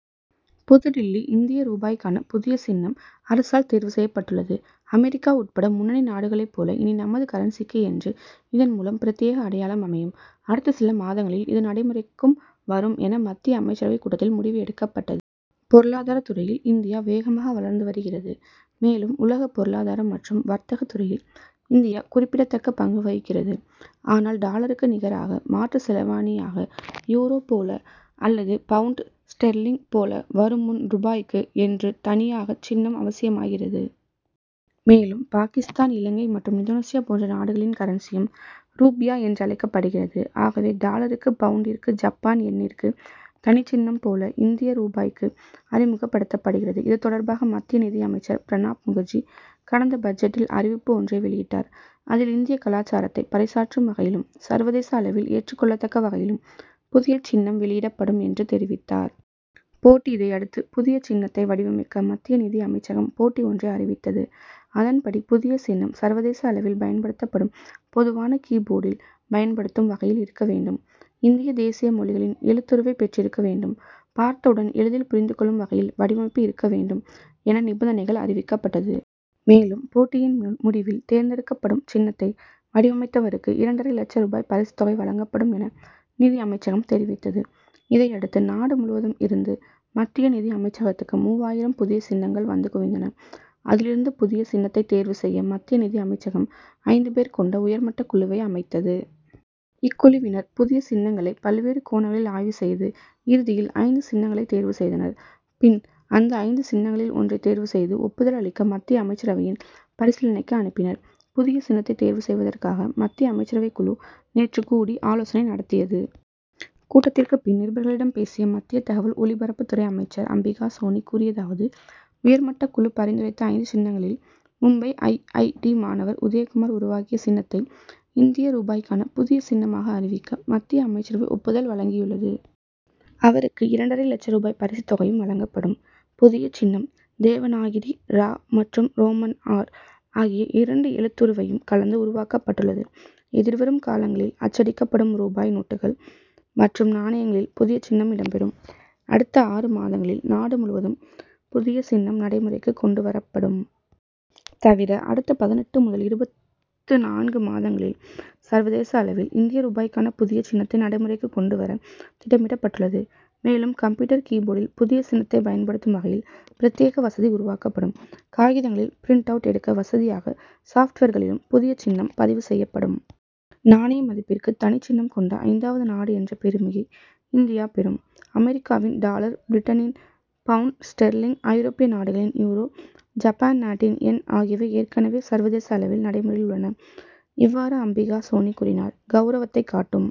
புதுடில்லி இந்திய ரூபாய்க்கான புதிய சின்னம், அரசால் தேர்வு செய்யப்பட்டுள்ளது. அமெரிக்கா உட்பட முன்னணி நாடுகளைப் போல இனி நமது கரன்சிக்கு என்று இதன் மூலம் பிரத்யேக அடையாளம் அமையும் அடுத்த சில மாதங்களில் இது நடைமுறைக்கும் வரும் என, மத்திய அமைச்சரவை கூட்டத்தில் முடிவு எடுக்கப்பட்டது. பொருளாதாரத் துறையில் இந்தியா வேகமாக வளர்ந்து வருகிறது. மேலும், உலக பொருளாதாரம் மற்றும் வர்த்தகத் துறையில் இந்தியா குறிப்பிடத்தக்க பங்கு வகிக்கிறது. ஆனால், டாலருக்கு நிகராக மாற்று செலாவணியாக யூரோ போல அல்லது பவுண்ட் ஸ்டெர்லிங் போல வரும் முன், ரூபாய்க்கு என்று தனியாக சின்னம் அவசியமாகிறது. மேலும் பாகிஸ்தான், இலங்கை மற்றும் இந்தோனேஷியா போன்ற நாடுகளின் கரன்சியும், ரூப்யா என்றழைக்கப்படுகிறது. ஆகவே, டாலருக்கு, பவுண்டிற்கு, ஜப்பான் யென்னிற்கு தனிச்சின்னம் போல இந்திய ரூபாய்க்கு அறிமுகப்படுத்தப்படுகிறது. இது தொடர்பாக, மத்திய நிதி அமைச்சர் பிரணாப் முகர்ஜி, கடந்த பட்ஜெட்டில் அறிவிப்பு ஒன்றை வெளியிட்டார். அதில், இந்திய கலாசாரத்தை பறை சாற்றும் வகையிலும், சர்வதேச அளவில் ஏற்றுக்கொள்ளத்தக்க வகையிலும் புதிய சின்னம் வெளியிடப்படும் என்று தெரிவித்தார். போட்டி இதையடுத்து, புதிய சின்னத்தை வடிவமைக்க மத்திய நிதி அமைச்சகம் போட்டி ஒன்றை அறிவித்தது. அதன்படி புதிய சின்னம், சர்வதேச அளவில் பயன்படுத்தப்படும் பொதுவான கீ-போர்டில் பயன்படுத்தும் வகையில் இருக்க வேண்டும். இந்திய தேசிய மொழிகளின் எழுத்துருவை பெற்றிருக்க வேண்டும்; பார்த்தவுடன் எளிதில் புரிந்து கொள்ளும் வகையில் வடிவமைப்பு இருக்க வேண்டும் என நிபந்தனைகள் அறிவிக்கப்பட்டது. மேலும், போட்டியின் முடிவில் தேர்ந்தேடுக்கப்படும் சின்னத்தை வடிவமைத்தவருக்கு, இரண்டரை லட்ச ரூபாய் பரிசுத் தொகை வழங்கப்படும் என நிதி அமைச்சகம் தெரிவித்தது. இதையடுத்து, நாடு முழுவதும் இருந்து மத்திய நிதி அமைச்சகத்துக்கு மூவாயிரம் புதிய சின்னங்கள் வந்து குவிந்தன. அதிலிருந்து புதிய சின்னத்தை தேர்வு செய்ய மத்திய நிதி அமைச்சகம், ஐந்து பேர் கொண்ட உயர்மட்டக் குழுவை அமைத்தது. இக்குழுவினர், புதிய சின்னங்களை பல்வேறு கோணங்களில் ஆய்வு செய்து, இறுதியில் ஐந்து சின்னங்களை தேர்வு செய்தனர். பின், அந்த ஐந்து சின்னங்களில் ஒன்றை தேர்வு செய்து ஒப்புதல் அளிக்க மத்திய அமைச்சரவையின் பரிசீலனைக்கு அனுப்பினர். புதிய சின்னத்தை தேர்வு செய்வதற்காக மத்திய அமைச்சரவை குழு நேற்று கூடி ஆலோசனை நடத்தியது. கூட்டத்திற்கு பின் நிருபர்களிடம் பேசிய மத்திய தகவல் ஒலிபரப்புத்துறை அமைச்சர் அம்பிகா சோனி கூறியதாவது உயர்மட்டக் குழு பரிந்துரைத்த ஐந்து சின்னங்களில், மும்பை ஐ. ஐ. டி., மாணவர் உதயகுமார் உருவாக்கிய சின்னத்தை இந்திய ரூபாய்க்கான புதிய சின்னமாக அறிவிக்க, மத்திய அமைச்சரவை ஒப்புதல் வழங்கியுள்ளது. அவருக்கு இரண்டரை லட்ச ரூபாய் பரிசுத் தொகை வழங்கப்படும். புதிய சின்னம் தேவநாகிரி, ரா மற்றும் ரோமன் ஆர் ஆகிய இரண்டு எழுத்துருவையும் கலந்து உருவாக்கப்பட்டுள்ளது. எதிர்வரும் காலங்களில் அச்சடிக்கப்படும் ரூபாய் நோட்டுகள் மற்றும் நாணயங்களில் புதிய சின்னம் இடம் பெறும். அடுத்த ஆறு மாதங்களில், நாடு முழுவதும் புதிய சின்னம் நடைமுறைக்கு கொண்டு வரப்படும். தவிர, அடுத்த பதினெட்டு முதல் இருபத்து நான்கு மாதங்களில், சர்வதேச அளவில் இந்திய ரூபாய்க்கான புதிய சின்னத்தை நடைமுறைக்கு கொண்டு வர திட்டமிடப்பட்டுள்ளது. மேலும், கம்ப்யூட்டர் கீ-போர்டில் புதிய சின்னத்தை பயன்படுத்தும் வகையில் பிரத்யேக வசதி உருவாக்கப்படும். காகிதங்களில் பிரின்ட் அவுட் எடுக்க வசதியாக சாப்ட்வேர்களிலும் புதிய சின்னம் பதிவு செய்யப்படும். நாணய மதிப்பிற்கு தனிச்சின்னம் கொண்ட ஐந்தாவது நாடு என்ற பெருமையை இந்தியா பெறும். அமெரிக்காவின் டாலர், பிரிட்டனின் பவுண்ட் ஸ்டெர்லிங், ஐரோப்பிய நாடுகளின் யூரோ, ஜப்பான் நாட்டின் யென் ஆகியவை ஏற்கனவே சர்வதேச அளவில் நடைமுறையில் உள்ளன. இவ்வாறு அம்பிகா சோனி கூறினார். கவுரவத்தைக் காட்டும்